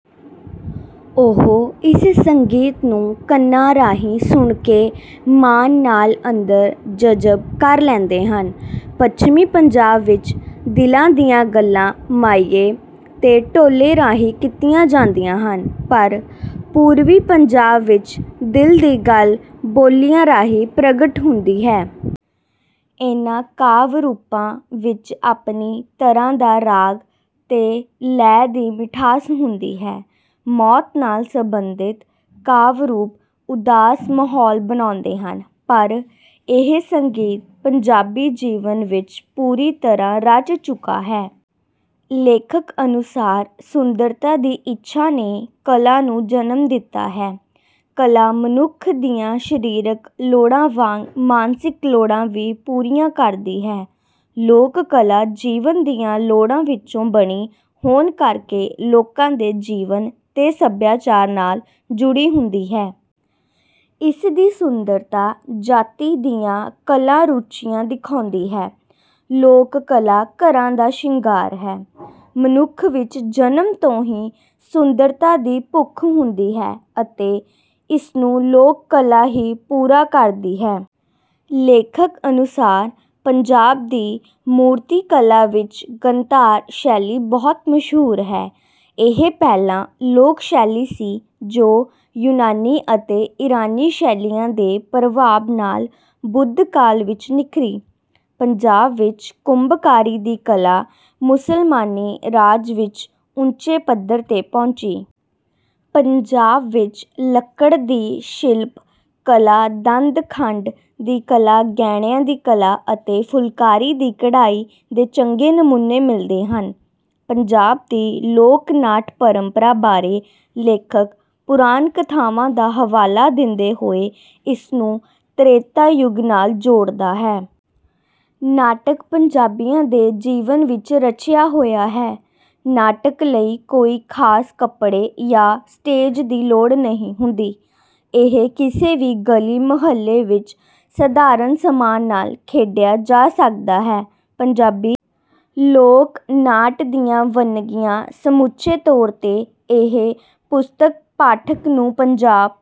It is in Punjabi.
ਉਹ ਇਸ ਸੰਗੀਤ ਨੂੰ ਕੰਨਾਂ ਰਾਹੀਂ ਸੁਣ ਕੇ ਮਾਣ ਨਾਲ ਅੰਦਰ ਜਜ਼ਬ ਕਰ ਲੈਂਦੇ ਹਨ। ਪੱਛਮੀ ਪੰਜਾਬ ਵਿੱਚ ਦਿਲਾਂ ਦੀਆਂ ਗੱਲਾਂ ਮਾਹੀਏ ਤੇ ਢੋਲੇ ਰਾਹੀਂ ਕੀਤੀਆਂ ਜਾਂਦੀਆਂ ਹਨ ਪਰ ਪੂਰਬੀ ਪੰਜਾਬ ਵਿੱਚ ਦਿਲ ਦੀ ਗੱਲ ਬੋਲੀਆਂ ਰਾਹੀਂ ਪ੍ਰਗਟ ਹੁੰਦੀ ਹੈ। ਇਨ੍ਹਾਂ ਕਾਵਿ ਰੂਪਾਂ ਵਿੱਚ ਆਪਣੀ ਤਰ੍ਹਾਂ ਦਾ ਰਾਗ ਤੇ ਲੈਅ ਦੀ ਮਿਠਾਸ ਹੁੰਦੀ ਹੈ। ਮੌਤ ਨਾਲ ਸਬੰਧਤ ਕਾਵਿ ਰੂਪ ਉਦਾਸ ਮਾਹੌਲ ਬਣਾਉਂਦੇ ਹਨ ਪਰ ਇਹ ਸੰਗੀਤ ਪੰਜਾਬੀ ਜੀਵਨ ਵਿੱਚ ਪੂਰੀ ਤਰ੍ਹਾਂ ਰਚ ਚੁੱਕਾ ਹੈ। ਲੇਖਕ ਅਨੁਸਾਰ ਸੁੰਦਰਤਾ ਦੀ ਇੱਛਾ ਨੇ ਕਲਾ ਨੂੰ ਜਨਮ ਦਿੱਤਾ ਹੈ। ਕਲਾ ਮਨੁੱਖ ਦੀਆਂ ਸਰੀਰਕ ਲੋੜਾਂ ਵਾਂਗ ਮਾਨਸਿਕ ਲੋੜਾਂ ਵੀ ਪੂਰੀਆਂ ਕਰਦੀ ਹੈ। ਲੋਕ ਕਲਾ ਜੀਵਨ ਦੀਆਂ ਲੋੜਾਂ ਵਿੱਚੋਂ ਬਣੀ ਹੋਣ ਕਰਕੇ ਲੋਕਾਂ ਦੇ ਜੀਵਨ ਤੇ ਸੱਭਿਆਚਾਰ ਨਾਲ ਜੁੜੀ ਹੁੰਦੀ ਹੈ। ਇਸ ਦੀ ਸੁੰਦਰਤਾ ਜਾਤੀ ਦੀਆਂ ਕਲਾ ਰੁਚੀਆਂ ਦਿਖਾਉਂਦੀ ਹੈ। ਲੋਕ ਕਲਾ ਘਰਾਂ ਦਾ ਸ਼ਿੰਗਾਰ ਹੈ। ਮਨੁੱਖ ਵਿੱਚ ਜਨਮ ਤੋਂ ਹੀ ਸੁੰਦਰਤਾ ਦੀ ਭੁੱਖ ਹੁੰਦੀ ਹੈ ਅਤੇ ਇਸ ਨੂੰ ਲੋਕ ਕਲਾ ਹੀ ਪੂਰਾ ਕਰਦੀ ਹੈ। ਲੇਖਕ ਅਨੁਸਾਰ ਪੰਜਾਬ ਦੀ ਮੂਰਤੀ ਕਲਾ ਵਿੱਚ ਗੰਧਾਰ ਸ਼ੈਲੀ ਬਹੁਤ ਮਸ਼ਹੂਰ ਹੈ। ਇਹ ਪਹਿਲਾਂ ਲੋਕ ਸ਼ੈਲੀ ਸੀ ਜੋ ਯੂਨਾਨੀ ਅਤੇ ਈਰਾਨੀ ਸ਼ੈਲੀਆਂ ਦੇ ਪ੍ਰਭਾਵ ਨਾਲ ਬੁੱਧ ਕਾਲ ਵਿੱਚ ਨਿਖਰੀ। ਪੰਜਾਬ ਵਿੱਚ ਕੁੰਭਕਾਰੀ ਦੀ ਕਲਾ ਮੁਸਲਮਾਨੀ ਰਾਜ ਵਿੱਚ ਉੱਚੇ ਪੱਧਰ ਤੇ ਪਹੁੰਚੀ। ਪੰਜਾਬ ਵਿੱਚ ਲੱਕੜ ਦੀ ਸ਼ਿਲਪ ਕਲਾ ਦੰਦ-ਖੰਡ ਦੀ ਕਲਾ ਗਹਿਣਿਆਂ ਦੀ ਕਲਾ ਅਤੇ ਫੁਲਕਾਰੀ ਦੀ ਕਢਾਈ ਦੇ ਚੰਗੇ ਨਮੂਨੇ ਮਿਲਦੇ ਹਨ। ਪੰਜਾਬ ਦੀ ਲੋਕ ਨਾਟ ਪਰੰਪਰਾ ਬਾਰੇ ਲੇਖਕ ਪੁਰਾਣ ਕਥਾਵਾਂ ਦਾ ਹਵਾਲਾ ਦਿੰਦੇ ਹੋਏ ਇਸ ਨੂੰ ਤ੍ਰੇਤਾ ਯੁੱਗ ਨਾਲ ਜੋੜਦਾ ਹੈ। ਨਾਟਕ ਪੰਜਾਬੀਆਂ ਦੇ ਜੀਵਨ ਵਿੱਚ ਰਚਿਆ ਹੋਇਆ ਹੈ। ਨਾਟਕ ਲਈ ਕੋਈ ਖਾਸ ਕੱਪੜੇ ਯਾ ਸਟੇਜ ਦੀ ਲੋੜ ਨਹੀਂ ਹੁੰਦੀ ਇਹ ਕਿਸੇ ਵੀ ਗਲੀ ਮੁਹੱਲੇ ਵਿੱਚ ਸਾਧਾਰਨ ਸਮਾਨ ਨਾਲ ਖੇਡਿਆ ਜਾ ਸਕਦਾ ਹੈ। ਪੰਜਾਬੀ ਲੋਕ ਨਾਟ ਦੀਆਂ ਵੰਨਗੀਆਂ ਸਮੁੱਚੇ ਤੌਰ ਤੇ ਇਹ ਪੁਸਤਕ ਪਾਠਕ ਨੂੰ ਪੰਜਾਬ